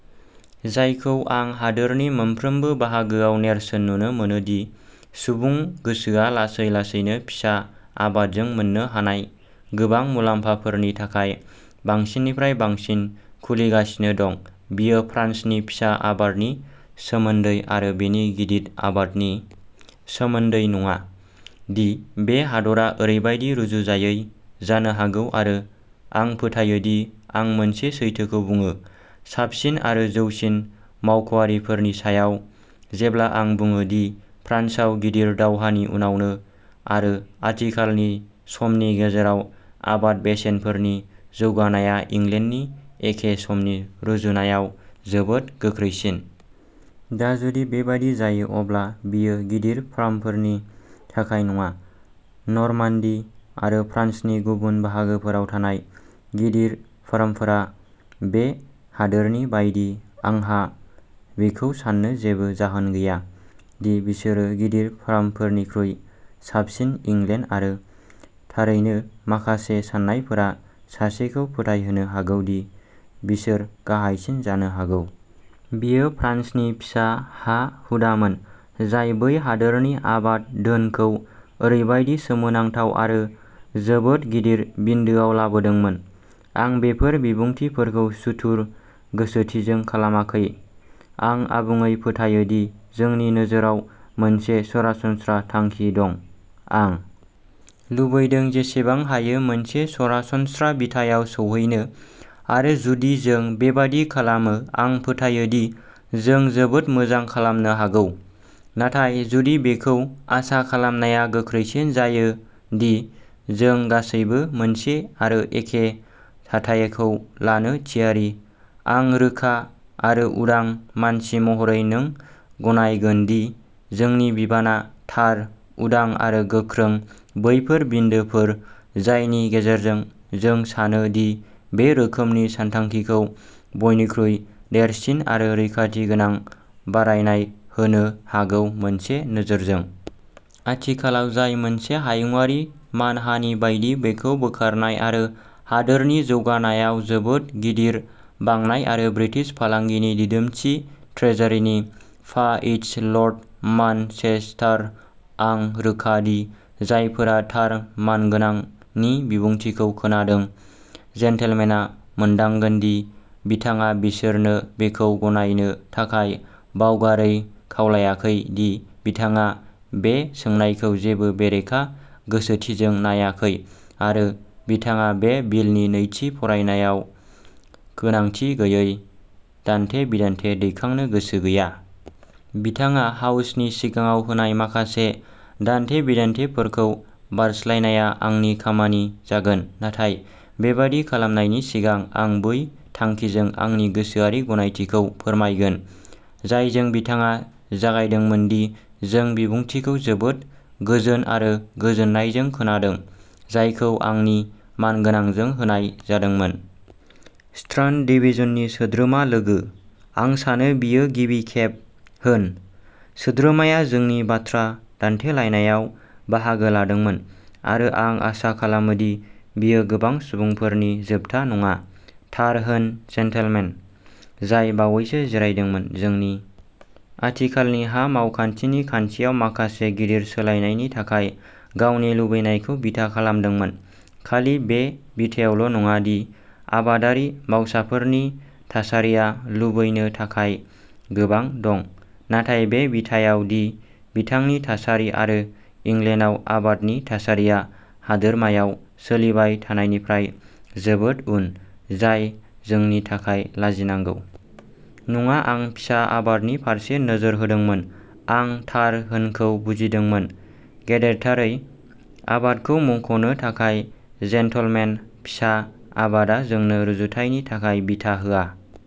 जायखौ आं हादोरनि मोनफ्रोमबो बाहागोआव नेरसोन नुनो मोनो दि सुबुं गोसोआ लासै लासैनो फिसा आबादजों मोननो हानाय गोबां मुलाम्फाफोरनि थाखाय बांसिननिफ्राय बांसिन खुलिगासिनो दं। बेयो फ्रान्सनि फिसा आबादनि सोमोन्दै आरो बेनि गिदिर आबादनि सोमोन्दै नङा, दि बे हादरा ओरैबायदि रुजुजायै जानो हागौ आरो आं फोथायो दि आं मोनसे सैथोखौ बुङो, साबसिन आरो जौसिन मावख'आरिफोरनि सायाव, जेब्ला आं बुङो दि फ्रान्सआव, गिदिर दावहानि उनावनो आरो आथिखालनि समनि गेजेराव आबाद बेसेनफोरनि जौगानाया इंलेन्डनि एखे समनि रुजुनायाव जोबोद गोख्रैसिन। दा, जुदि बेबादि जायो, अब्ला बेयो गिदिर फार्मफोरनि थाखाय नङा। नर्मान्डी आरो फ्रान्सनि गुबुन बाहागोफोराव थानाय गिदिर फार्मफोरा बे हादोरनि बायदि। आंहा बेखौ सान्नो जेबो जाहोन गैया दि बिसोरो गिदिर फार्मफोरनिख्रुइ साबसिन। इंलेन्ड आरो थारैनो माखासे सान्नायफोरा सासेखौ फोथायहोनो हागौ दि बिसोर गाहायसिन जानो हागौ। बेयो फ्रान्सनि फिसा हा-हुदामोन जाय बै हादोरनि आबाद धोनखौ ओरैबायदि सोमोनांथाव आरो जोबोद गिदिर बिन्दोआव लाबोदोंमोन। आं बेफोर बिबुंथिफोरखौ सुथुर गोसोथिजों खालामाखै। आं आबुङै फोथायो दि जोंनि नोजोराव मोनसे सरासनस्रा थांखि दं। आं लुबैदों जेसेबां हायो मोनसे सरासनस्रा बिथायाव सौहैनो आरो जुदि जों बेबादि खालामो आं फोथायो दि जों जोबोद मोजां खालामनो हागौ; नाथाय जुदि बेखौ आसा खालामनाया गोख्रैसिन जायो दि जों गासैबो मोनसे आरो एखे थाथायखौ लानो थियारि, आं रोखा आरो उदां मानसि महरै नों गनायगोनदि जोंनि बिबानआ थार, उदां आरो गोख्रों बैफोर बिन्दोफोर जायनि गेजेरजों जों सानो दि बे रोखोमनि सानथांखिखौ बयनिख्रुइ देरसिन आरो रैखाथिगोनां बारायनाय होनो हागौ, मोनसे नोजोरजों। आथिखालाव जाय मोनसे हायुंआरि मानहानि बायदि बेखौ बोखारनाय आरो हादोरनि जौगानायाव जोबोद गिदिर बांनाय आरो ब्रिटिश फालांगिनि दिदोमथि। ट्रेजारि नि फाइस्ट लर्ड मानचेस्टार, आं रोखा दि जायफोरा थार मानगोनां नि बिबुंथिखौ खोनादों। जेन्टलमेनआ मोनदांगोन दि बिथाङा बिसोरनो बेखौ गनायनो थाखाय बावगारै खावलायाखै दि बिथाङा बे सोंनायखौ जेबो बेरेखा गोसोथिजों नायाखै, आरो बिथाङा बे बिलनि नैथि फरायनायाव गोनांथि गैयै दान्थे-बिदान्थे दैखांनो गोसो गैया। बिथाङा हाउसनि सिगाङाव होनाय माखासे दान्थे-बिदान्थेफोरखौ बारस्लायनाया आंनि खामानि जागोन; नाथाय बेबादि खालामनायनि सिगां, आं बै थांखिजों आंनि गोसोआरि गनायथिखौ फोरमायगोन जायजों बिथाङा जागायदोंमोनदि जों बिबुंथिखौ जोबोद गोजोन आरो गोजोननायजों खोनादों। जायखौ आंनि मानगोनांजों होनाय जादोंमोन। स्ट्रान्ड डिभिज'ननि सोद्रोमा लोगो। आं सानो बेयो गिबि खेब होन. सोद्रोमाया जोंनि बाथ्रा दान्थेलायनायाव बाहागो लादोंमोन, आरो आं आसा खालामो दि बेयो गोबां सुबुंफोरनि जोबथा नङा। थार होन जेन्टलमेन, जाय बावैसो जिरायदोंमोन, जोंनि आथिखालनि हा मावखान्थिनि खान्थियाव माखासे गिदिर सोलायनायनि थाखाय गावनि लुबैनायखौ बिथा खालामदोंमोन, खालि बे बिथायावल' नङा दि आबादारि मावसाफोरनि थासारिया लुबैनो थाखाय गोबां दं, नाथाय बे बिथायाव दि बिथांनि थासारि आरो इंलेन्डआव आबादनि थासारिया हादोरमायाव सोलिबाय थानायनिफ्राय जोबोद उन, जाय जोंनि थाखाय लाजिनांगौ। नङा आं फिसा आबादनि फारसे नोजोर होदोंमोन। आं थार होनखौ बुजिदोंमोन। गेदेरथारै आबादखौ मुंख'नो थाखाय जेनटलमेन। फिसा आबादा जोंनो रुजुथायनि थाखाय बिथा होआ।